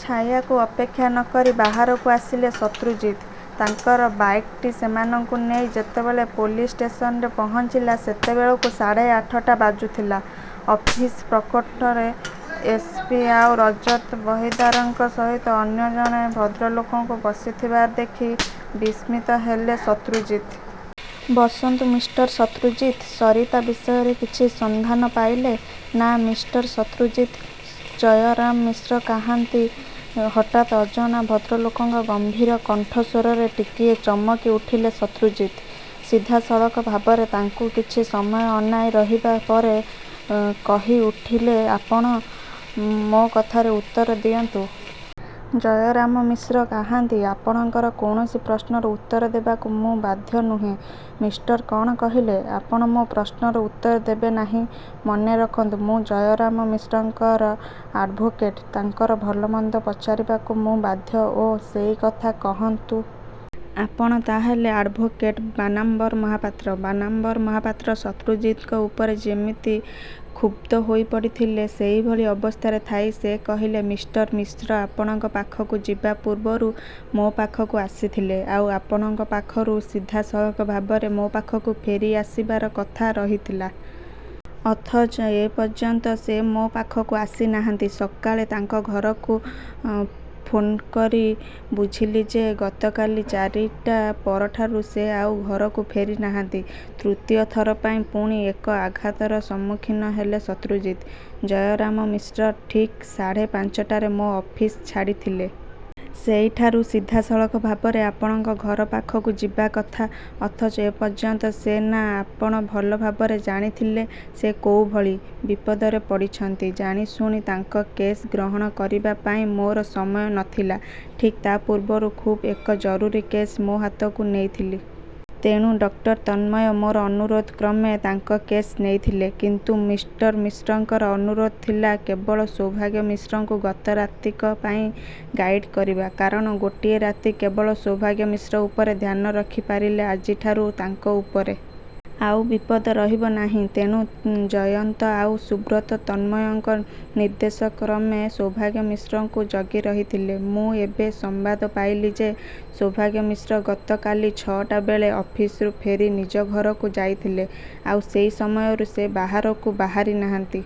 ଛାୟାକୁ ଅପେକ୍ଷା ନ କରି ବାହାରକୁ ଆସିଲେ ଶତ୍ରୁଜିତ୍। ତାଙ୍କର ବାଇକ୍ଟି ସେମାନଙ୍କୁ ନେଇ ଯେତେବେଳେ ପୋଲିସ୍ ଷ୍ଟେସନରେ ପହଞ୍ଚିଲା, ସେତେବେଳକୁ ସାଢ଼େ ଆଠଟା ବାଜୁଥିଲା। ଅଫିସ ପ୍ରକୋଷ୍ଠରେ ଏସ. ପି. ଆଉ ରଜତ ବହିଦାରଙ୍କ ସହିତ ଅନ୍ୟ ଜଣେ ଭଦ୍ରଲୋକଙ୍କୁ ବସିଥିବାର ଦେଖି ବିସ୍ମିତ ହେଲେ ଶତ୍ରୁଜିତ୍। ବସନ୍ତୁ ମିଷ୍ଟର ଶତ୍ରୁଜିତ୍! ସରିତା ବିଷୟରେ କିଛି ସନ୍ଧାନ ପାଇଲେ? ନା। ମିଷ୍ଟର ଶତ୍ରୁଜିତ୍! ଜୟରାମ ମିଶ୍ର କାହାନ୍ତି? ହଠାତ୍ ଅଜଣା ଭଦ୍ରଲୋକଙ୍କ ଗମ୍ଭୀର କଣ୍ଠସ୍ୱରରେ ଟିକିଏ ଚମକିଉଠିଲେ ଶତ୍ରୁଜିତ୍। ସିଧାସଳଖ ଭାବରେ ତାଙ୍କୁ କିଛି ସମୟ ଅନାଇ ରହିବା ପରେ କହିଉଠିଲେଆପଣ? ମୋ କଥାରେ ଉତ୍ତର ଦିଅନ୍ତୁ! ଜୟରାମ ମିଶ୍ର କାହାନ୍ତି? ଆପଣଙ୍କର କୌଣସି ପ୍ରଶ୍ନର ଉତ୍ତର ଦେବାକୁ ମୁଁ ବାଧ୍ୟ ନୁହେଁ, ମିଷ୍ଟର କ'ଣ କହିଲେ, ଆପଣ ମୋ ପ୍ରଶ୍ନର ଉତ୍ତର ଦେବେ ନାହିଁ? ମନେରଖନ୍ତୁ ମୁଁ ଜୟରାମ ମିଶ୍ରଙ୍କର ଆଡ୍ଭୋକେଟ। ତାଙ୍କର ଭଲମନ୍ଦ ପଚାରିବାକୁ ମୁଁ ବାଧ୍ୟ ଓ! ସେଇକଥା କହନ୍ତୁ। ଆପଣ ତା'ହେଲେ ଆଡ୍ଭୋକେଟ ବାନାମ୍ବର ମହାପାତ୍ର? ବାନାମ୍ବର ମହାପାତ୍ର ଶତ୍ରୁଜିତଙ୍କ ଉପରେ ଯେମିତି କ୍ଷୁବ୍ଧ ହୋଇପଡ଼ିଥିଲେ। ସେହିଭଳି ଅବସ୍ଥାରେ ଥାଇ ସେ କହିଲେ-ମିଷ୍ଟର ମିଶ୍ର ଆପଣଙ୍କ ପାଖକୁ ଯିବା ପୂର୍ବରୁ ମୋ ପାଖକୁ ଆସିଥିଲେ, ଆଉ ଆପଣଙ୍କ ପାଖରୁ ସିଧାସଳଖ ଭାବରେ ମୋ ପାଖକୁ ଫେରିଆସିବାର କଥା ରହିଥିଲା। ଅଥଚ ଏପର୍ଯ୍ୟନ୍ତ ସେ ମୋ ପାଖକୁ ଆସିନାହାନ୍ତି। ସକାଳେ ତାଙ୍କ ଘରକୁ ଫୋନ୍କରି ବୁଝିଲି ଯେ ଗତକାଲି ଚାରିଟା ପରଠାରୁ ସେ ଆଉ ଘରକୁ ଫେରିନାହାନ୍ତି। ତୃତୀୟ ଥର ପାଇଁ ପୁଣି ଏକ ଆଘାତର ସମ୍ମୁଖୀନ ହେଲେ ଶତ୍ରୁଜିତ୍। ଜୟରାମ ମିଶ୍ର ଠିକ୍ ସାଢ଼େ ପାଞ୍ଚଟାରେ ମୋ ଅଫିସ ଛାଡ଼ିଥିଲେ। ସେଇଠାରୁ ସିଧାସଳଖ ଭାବରେ ଆପଣଙ୍କ ଘର ପାଖକୁ ଯିବା କଥା ଅଥଚ ଏପର୍ଯ୍ୟନ୍ତ ସେ ନା। ଆପଣ ଭଲ ଭାବରେ ଜାଣିଥିଲେ ସେ କୋଉଭଳି ବିପଦରେ ପଡ଼ିଛନ୍ତି। ଜାଣିଶୁଣି ତାଙ୍କ କେସ୍ ଗ୍ରହଣ କରିବାପାଇଁ ମୋର ସମୟ ନ ଥିଲା। ଠିକ୍ ତା ପୂର୍ବରୁ ଖୁବ୍ ଏକ ଜରୁରୀ କେସ୍ ମୋ ହାତକୁ ନେଇଥିଲି। ତେଣୁ ଡକ୍ଟର ତନ୍ମୟ ମୋର ଅନୁରୋଧକ୍ରମେ ତାଙ୍କ କେସ୍ ନେଇଥିଲେ। କିନ୍ତୁ ମିଷ୍ଟର ମିଶ୍ରଙ୍କର ଅନୁରୋଧ ଥିଲା କେବଳ ସୌଭାଗ୍ୟ ମିଶ୍ରଙ୍କୁ ଗତ ରାତିକ ପାଇଁ ଗାଇଡ୍ କରିବା। କାରଣ ଗୋଟିଏ ରାତି କେବଳ ସୌଭାଗ୍ୟ ମିଶ୍ର ଉପରେ ଧ୍ୟାନ ରଖିପାରିଲେ ଆଜିଠାରୁ ତାଙ୍କ ଉପରେ। ଆଉ ବିପଦ ରହିବ ନାହିଁ। ତେଣୁ ଜୟନ୍ତ ଆଉ ସୁବ୍ରତ ତନ୍ମୟଙ୍କ ନିର୍ଦ୍ଦେଶକ୍ରମେ ସୌଭାଗ୍ୟ ମିଶ୍ରଙ୍କୁ ଜଗିରହିଥିଲେ। ମୁଁ ଏବେ ସମ୍ବାଦ ପାଇଲି ଯେ ସୌଭାଗ୍ୟ ମିଶ୍ର ଗତକାଲି ଛଅଟାବେଳେ ଅଫିସରୁ ଫେରି ନିଜ ଘରକୁ ଯାଇଥିଲେ, ଆଉ ସେଇ ସମୟରୁ ସେ ବାହାରକୁ ବାହାରିନାହାନ୍ତି।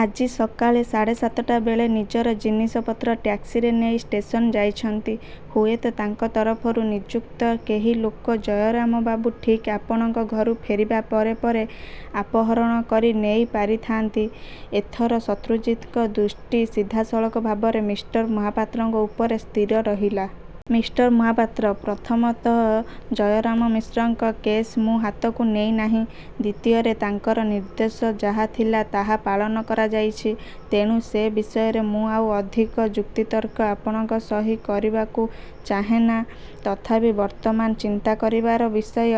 ଆଜି ସକାଳେ ସାଢ଼େ ସାତଟା ବେଳେ ନିଜର ଜିନିଷପତ୍ର ଟ୍ୟାକ୍ସିରେ ନେଇ ଷ୍ଟେସନ ଯାଇଛନ୍ତି। ହୁଏତ ତାଙ୍କ ତରଫରୁ ନିଯୁକ୍ତ କେହି ଲୋକ ଜୟରାମବାବୁ ଠିକ୍ ଆପଣଙ୍କ ଘରୁ ଫେରିବା ପରେ ପରେ ଆପହରଣ କରି ନେଇ ପାରିଥାଆନ୍ତି? ଏଥର ଶତ୍ରୁଜିତଙ୍କ ଦୃଷ୍ଟି ସିଧାସଳଖ ଭାବରେ ମିଷ୍ଟର ମହାପାତ୍ରଙ୍କ ଉପରେ ସ୍ଥିର ରହିଲା। ମିଷ୍ଟର ମହାପାତ୍ର! ପ୍ରଥମତଃ ଜୟରାମ ମିଶ୍ରଙ୍କ କେସ୍ ମୁଁ ହାତକୁ ନେଇନାହିଁ। ଦ୍ୱିତୀୟରେ, ତାଙ୍କର ନିର୍ଦ୍ଦେଶ ଯାହା ଥିଲା ତାହା ପାଳନ କରାଯାଇଛି। ତେଣୁ ସେ ବିଷୟରେ ମୁଁ ଆଉ ଅଧିକ ଯୁକ୍ତିତର୍କ ଆପଣଙ୍କ ସହି କରିବାକୁ ଚାହେନା। ତଥାପି ବର୍ତ୍ତମାନ ଚିନ୍ତା କରିବାର ବିଷୟ